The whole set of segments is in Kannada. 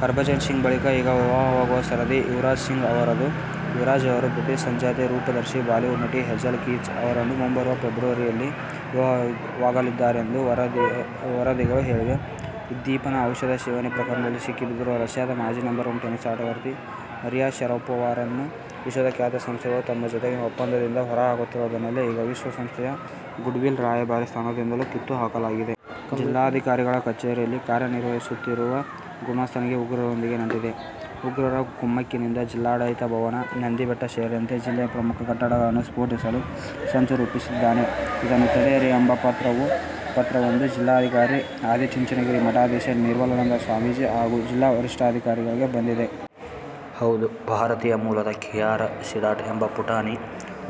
ಹರ್ಭಜನ್ ಸಿಂಗ್ ಬಳಿಕ ಈಗ ವಿವಾಹವಾಗುವ ಸರದಿ ಯುವರಾಜ್ ಸಿಂಗ್ ಅವರದು. ಯುವರಾಜ್ ಅವರು ಬ್ರಿಟಿಷ್ ಸಂಜಾತೆ ರೂಪದರ್ಶಿ, ಬಾಲಿವುಡ್ನಟಿ ಹೇಜೆಲ್ ಕೀಚ್ ಅವರನ್ನು ಮುಂಬರುವ ಫೆಬ್ರವರಿಯಲ್ಲಿ ವಿವಾಹವಾಗಲಿದ್ದಾರೆಂದು ವರದಿಗಳು ಹೇಳಿವೆ. ಉದ್ದೀಪನ ಔಷಧ ಸೇವನೆ ಪ್ರಕರಣದಲ್ಲಿ ಸಿಕ್ಕಿಬಿದ್ದಿರುವ ರಷ್ಯಾದ ಮಾಜಿ ನಂಬರ್ ಒನ್ ಟೆನಿಸ್ ಆಟಗಾರ್ತಿ ಮರಿಯಾ ಶರಪೋವಾರನ್ನು ವಿಶ್ವದ ಖ್ಯಾತ ಸಂಸ್ಥೆಗಳು ತಮ್ಮ ಜತೆಗಿನ ಒಪ್ಪಂದದಿಂದ ಹೊರ ಹಾಕುತ್ತಿರುವ ಬೆನ್ನಲ್ಲೇ ಈಗ ವಿಶ್ವ ಸಂಸ್ಥೆಯ "ಗುಡ್ವಿಲ್ ರಾಯಭಾರಿ' ಸ್ಥಾನದಿಂದಲೂ ಕಿತ್ತು ಹಾಕಲಾಗಿದೆ. "ಜಿಲ್ಲಾಧಿಕಾರಿಗಳ ಕಚೇರಿಯಲ್ಲಿ ಕಾರ್ಯ ನಿರ್ವಹಿಸುತ್ತಿರುವ ಗುಮಾಸ್ತನಿಗೆ ಉಗ್ರರೊಂದಿಗೆ ನಂಟಿದೆ. ಉಗ್ರರ ಕುಮ್ಮಕ್ಕಿನಿಂದ ಜಿಲ್ಲಾಡ ಳಿತ ಭವನ, ನಂದಿಬೆಟ್ಟ ಸೇರಿದಂತೆ ಜಿಲ್ಲೆಯ ಪ್ರಮುಖ ಕಟ್ಟಡಗಳನ್ನು ಸ್ಫೋಟಿಸಲು ಸಂಚು ರೂಪಿಸಿದ್ದಾನೆ. ಇದನ್ನು ತಡೆಯಿರಿ' ಎಂಬ ಪತ್ರ ವೊಂದು ಜಿಲ್ಲಾಧಿಕಾರಿ, ಆದಿಚುಂಚನಗಿರಿ ಮಠಾಧೀಶ ನಿರ್ಮಲಾನಂದ ನಾಥ ಸ್ವಾಮೀಜಿ ಹಾಗೂ ಜಿಲ್ಲಾ ವರಿಷ್ಠಾಧಿಕಾರಿಗಳಿಗೆ ಬಂದಿದೆ. ಹೌದು ಭಾರತೀಯ ಮೂಲದ ಖಿಯಾರಾ ಸೀಡಾಟ್ ಎಂಬ ಪುಟಾಣಿ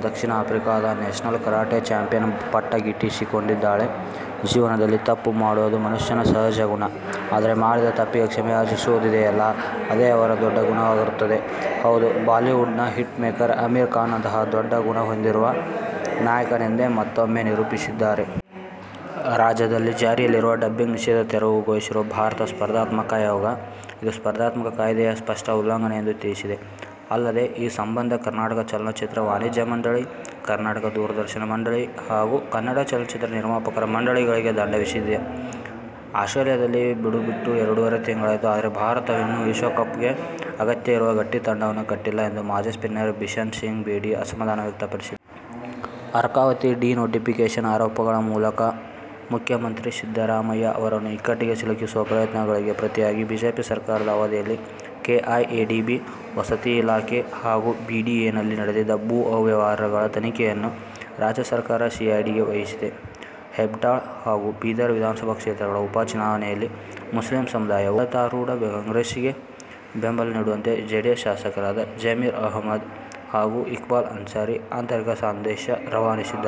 ದಕ್ಷಿಣ ಆಫ್ರಿಕಾದ ನ್ಯಾಷನಲ್ ಕರಾಟೆ ಚಾಂಪಿಯನ್ ಪಟ್ಟ ಗಿಟಿಸಿಕೊಂಡಿದ್ದಾಳೆ! ಜೀವನದಲ್ಲಿ ತಪ್ಪುಮಾಡುವುದು ಮನುಷ್ಯನ ಸಹಜ ಗುಣ, ಆದರೆ ಮಾಡಿದ ತಪ್ಪಿಗೆ ಕ್ಷಮೆಯಾಚಿಸುದಿದೆಯಲ್ಲಾ ಅದೇ ಅವರ ದೊಡ್ಡ ಗುಣವಾಗಿರುತ್ತದೆ. ಹೌದು ಬಾಲಿವುಡ್ ನ ಹಿಟ್ ಮೇಕರ್ ಅಮೀರ್ ಖಾನ್ ಅಂತಹ ದೊಡ್ಡ ಗುಣ ಹೊಂದಿರುವ ನಾಯಕನೆಂದು ಮತ್ತೊಮ್ಮೆ ನಿರೂಪಿಸಿದ್ದಾರೆ. ರಾಜ್ಯದಲ್ಲಿ ಜಾರಿಯಲ್ಲಿರುವ ಡಬ್ಬಿಂಗ್ ನಿಷೇಧ ತೆರವುಗೊಳಿಸಿರುವ ಭಾರತ ಸ್ಪರ್ಧಾತ್ಮಕ ಆಯೋಗ, ಇದು ಸ್ಮರ್ಧಾತ್ಮಕ ಕಾಯ್ದೆಯ ಸ್ಪಷ್ಟ ಉಲ್ಲಂಘನೆ ಎಂದು ತಿಳಿಸಿದೆ. ಅಲ್ಲದೆ, ಈ ಸಂಬಂಧ ಕರ್ನಾಟಕ ಚಲನಚಿತ್ರ ವಾಣಿಜ್ಯ ಮಂಡಳಿ, ಕರ್ನಾಟಕ ದೂರದರ್ಶನ ಮಂಡಳಿ ಹಾಗೂ ಕನ್ನಡ ಚಲನಚಿತ್ರ ನಿರ್ಮಾಪಕರ ಮಂಡಳಿಗಳಿಗೆ ದಂಡ ವಿಧಿಸಿದೆ. ಆಸ್ಟ್ರೇಲಿಯದಲ್ಲಿ ಬೀಡುಬಿಟ್ಟು ಎರಡೂವರೆ ತಿಂಗಳಾಯಿತು, ಆದರೆ ಭಾರತವಿನ್ನೂ ವಿಶ್ವಕಪ್ಗೆ ಅತ್ಯಗತ್ಯವಿರುವ ಗಟ್ಟಿ ತಂಡವನ್ನು ಕಟ್ಟಿಲ್ಲ ಎಂದು ಮಾಜಿ ಸ್ಪಿನ್ನರ್ ಬಿಷನ್ ಸಿಂಗ್ ಬೇಡಿ ಅಸಮಾಧಾನ ವ್ಯಕ್ತಪಡಿಸಿದ್ದಾರೆ. ಅರ್ಕಾವತಿ ಡಿನೋಟಿಫಿಕೇಷನ್ ಆರೋಪಗಳ ಮೂಲಕ ಮುಖ್ಯಮಂತ್ರಿ ಸಿದ್ದರಾಮಯ್ಯ ಅವರನ್ನು ಇಕ್ಕಟ್ಟಿಗೆ ಸಿಲುಕಿಸುವ ಪ್ರಯತ್ನಗಳಿಗೆ ಪ್ರತಿಯಾಗಿ ಬಿಜೆಪಿ ಸರ್ಕಾರದ ಅವಧಿಯಲ್ಲಿ ಕೆಐಎಡಿಬಿ, ವಸತಿ ಇಲಾಖೆ ಹಾಗೂ ಬಿಡಿಎನಲ್ಲಿ ನಡೆದಿದ್ದ ಭೂ ಅವ್ಯವಹಾರಗಳ ತನಿಖೆ ಯನ್ನು ರಾಜ್ಯ ಸರ್ಕಾರ ಸಿಐಡಿಗೆ ವಹಿಸಿದೆ. ಹೆಬ್ಟಾಳ ಹಾಗೂ ಬೀದರ್ ವಿಧಾನಸಭಾ ಕ್ಷೇತ್ರಗಳ ಉಪಚುನಾವಣೆಯಲ್ಲಿ ಮುಸ್ಲಿಂ ಸಮುದಾಯವು ಆಡಳಿತಾರೂಢ ಕಾಂಗ್ರೆಸ್ಸಿಗೆ ಬೆಂಬಲ ನೀಡುವಂತೆ ಜೆಡಿಎಸ್ ಶಾಸಕರಾದ ಜಮೀರ್ ಅಹಮದ್ ಹಾಗೂ ಇಕ್ಬಾಲ್ ಅನ್ಸಾರಿ ಆಂತರಿಕ ಸಂದೇಶ ರವಾನಿಸಿದ್ದಾರೆ.